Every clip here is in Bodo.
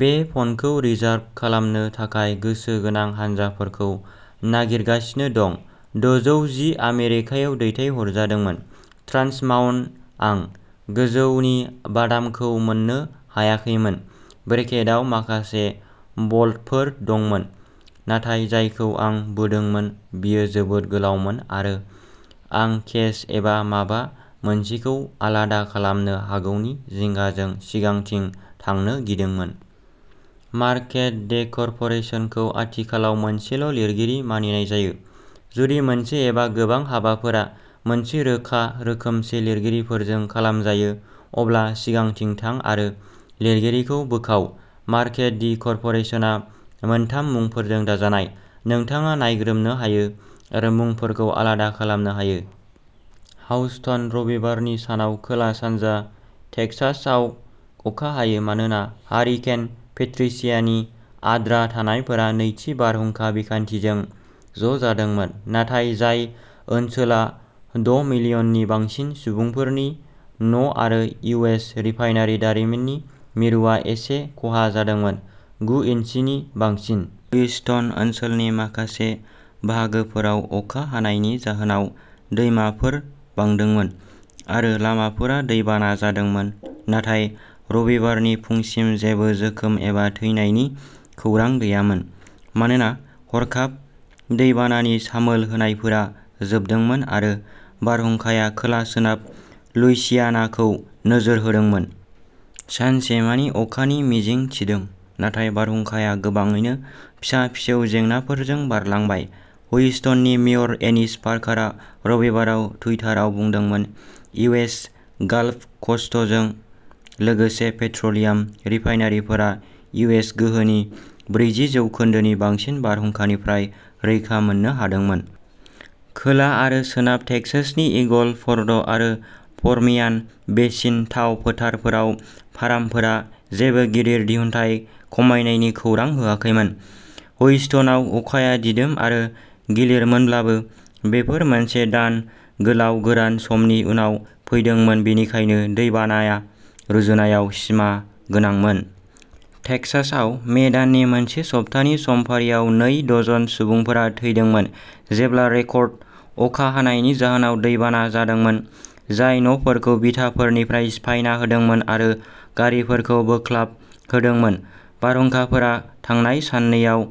बे फ'नखौ रिजार्भ खालामनो थाखाय गोसो गोनां हानजाफोरखौ नागिरगासिनो दं। दजौ जि आमेरिकायाव दैथायहरजादोंमोन। ट्रान्स माउन्ट आं गोजौनि बादामखौ मोन्नो हायाखैमोन। ब्रेकेटआव माखासे बल्टफोर दंमोन नाथाय जायखौ आं बोदोंमोन बेयो जोबोद गोलावमोन आरो आं केस एबा माबा मोनसेखौ आलादा खालामनो हागौनि जिंगाजों सिगांथिं थांनो गिदोंमोन। मार्केट डे कर्प'रेसनखौ आथिखालाव मोनसेल' लिरगिरि मानिनाय जायो। जुदि मोनसे एबा गोबां हाबाफोरा मोनसे रोखा रोखोमसे लिरगिरिफोरजों खालामजायो अब्ला सिगांथिं थां आरो लिरगिरिखौ बोखाव। मार्केट डे कर्प'रेसनआ मोन थाम मुंफोरजों दाजानाय। नोंथाङा नायग्रोमनो हायो आरो मुंफोरखौ आलादा खालामनो हायो। हाउस्टन रबिबारनि सानाव खोला सानजा टेक्सासआव अखा हायो मानोना हारिकेन पेट्रिशियानि आद्रा थानायफोरा नैथि बारहुंखा बिखान्थिजों ज'जादोंमोन नाथाय जाय ओनसोला द'मिलियननि बांसिन सुबुंफोरनि न'आरो इउ एस रिफाइनारि दारिमिननि मिरुआ एसे खहा जादोंमोन। गु इन्सि नि बांसिन। ह्यूस्टन ओनसोलनि माखासे बाहागोफोराव अखा हानायनि जाहोनाव दैमाफोर बांदोंमोन आरो लामाफोरा दैबाना जादोंमोन नाथाय रबिबारनि फुंसिम जेबो जोखोम एबा थैनायनि खौरां गैयामोन मानोना हरखाब दै बानानि सामोल होनायफोरा जोबदोंमोन आरो बारहुंखाया खोला सोनाब लुइसियानाखौ नोजोर होदोंमोन। सानसेमानि अखानि मिजिं थिदों नाथाय बारहुंखाया गोबाङैनो फिसा-फिसौ जेंनाफोरजों बारलांबाय ह्यूस्टननि मेयर एनिस पार्कारा रबिबाराव टुइटाराव बुंदोंमोन। इउ एस गाल्फ क'स्टजों लोगोसे पेट्र'लियाम रिफाइनारिफोर इउ एस गोहोनि ब्रैजि जौखोन्दोनि बांसिन बारहुंखानिफ्राय रैखा मोननो हादोंमोन। खोला आरो सोनाब टेक्सासनि ईगल फ'र्ड आरो पर्मियान बेसिन थाव फोथारफोराव फार्मफोरा जेबो गिदिर दिहुनथाइ खमायनायनि खौरां होआखैमोन। ह्यूस्टनआव अखाया दिदोम आरो गिलिरमोनब्लाबो बेफोर मोनसे दान गोलाव गोरान समनि उनाव फैदोंमोन बेनिखायनो दैबाना रुजुनायाव सिमागोनांमोन। टेक्सासआव मे दाननि मोनसे सप्तानि समफारियाव नै दजन सुबुंफोरा थैदोंमोन जेब्ला रेकर्ड अखा हानायनि जाहोनाव दैबाना जादोंमोन जाय न'फोरखौ बिथाफोरनिफ्राय सिफायना होदोंमोन आरो गारिफोरखौ बोख्लाबहोदोंमोन। बारहुंखाफोरा थांनाय साननैआव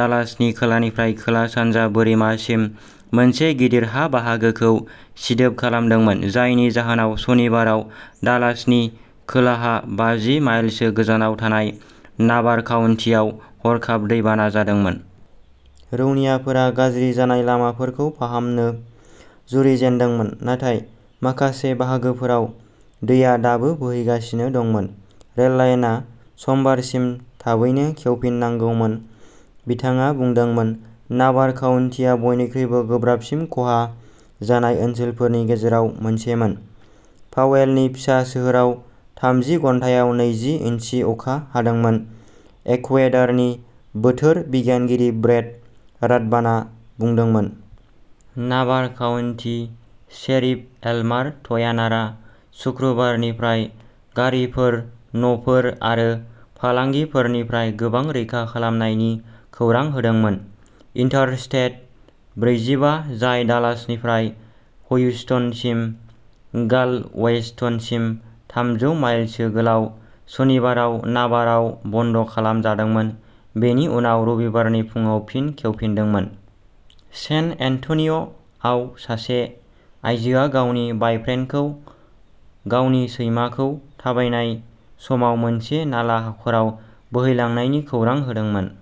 डालासनि खोलानिफ्राय खोला सानजा बोरिमासिम मोनसे गिदिर हा बाहागोखौ सिदोब खालामदोंमोन जायनि जाहोनाव शनिबाराव डालासनि खोलाहा बाजि माइल सो गोजानाव थानाय नाभार'काउन्टीआव हरखाब दैबाना जादोंमोन। रौनियाफोरा गाज्रि जानाय लामाफोरखौ फाहामनो जुरिजेनदोंमोन नाथाय माखासे बाहागोफोराव दैआ दाबो बोहैगासिनो दंमोन। रेल लाइनआ समबारसिम थाबैनो खेवफिननांगौमोन बिथाङा बुंदोंमोन। नाभार'काउन्टीआ बयनिख्रुइबो गोब्राबसिन खहा जानाय ओनसोलफोरनि गेजेराव मोनसेमोन। पावेलनि फिसा सोहोराव थामजि घन्टायाव नैजि इन्सि अखा हादोंमोन एकुवेदारनि बोथोर बिगियानगिरि ब्रेट राथबानआ बुंदोंमोन। नाभार'काउन्टी शेरिफ एल्मार ट्यानारआ सुक्रुबारनिफ्राय गारिफोर न'फोर आरो फालांगिफोरनिफ्राय गोबां रैखा खालामनायनि खौरां होदोंमोन। इन्टारस्टेट ब्रैजिबा जाय डालासनिफ्राय ह्यूस्टनसिम गालवेस्टनसिम थामजौ माइलसो गोलाव सनिबाराव नाभार'आव बन्द' खालाम जादोंमोन बेनि उनाव रबिबारनि फुंआव फिन खेवफिनदोंमोन। सेन एन्ट'निय'आव सासे आइजोआ गावनि बायफ्रेन्डखौ गावनि सैमाखौ थाबायनाय समाव मोनसे नाला हाखराव बोहैलांनायनि खौरां होदोंमोन।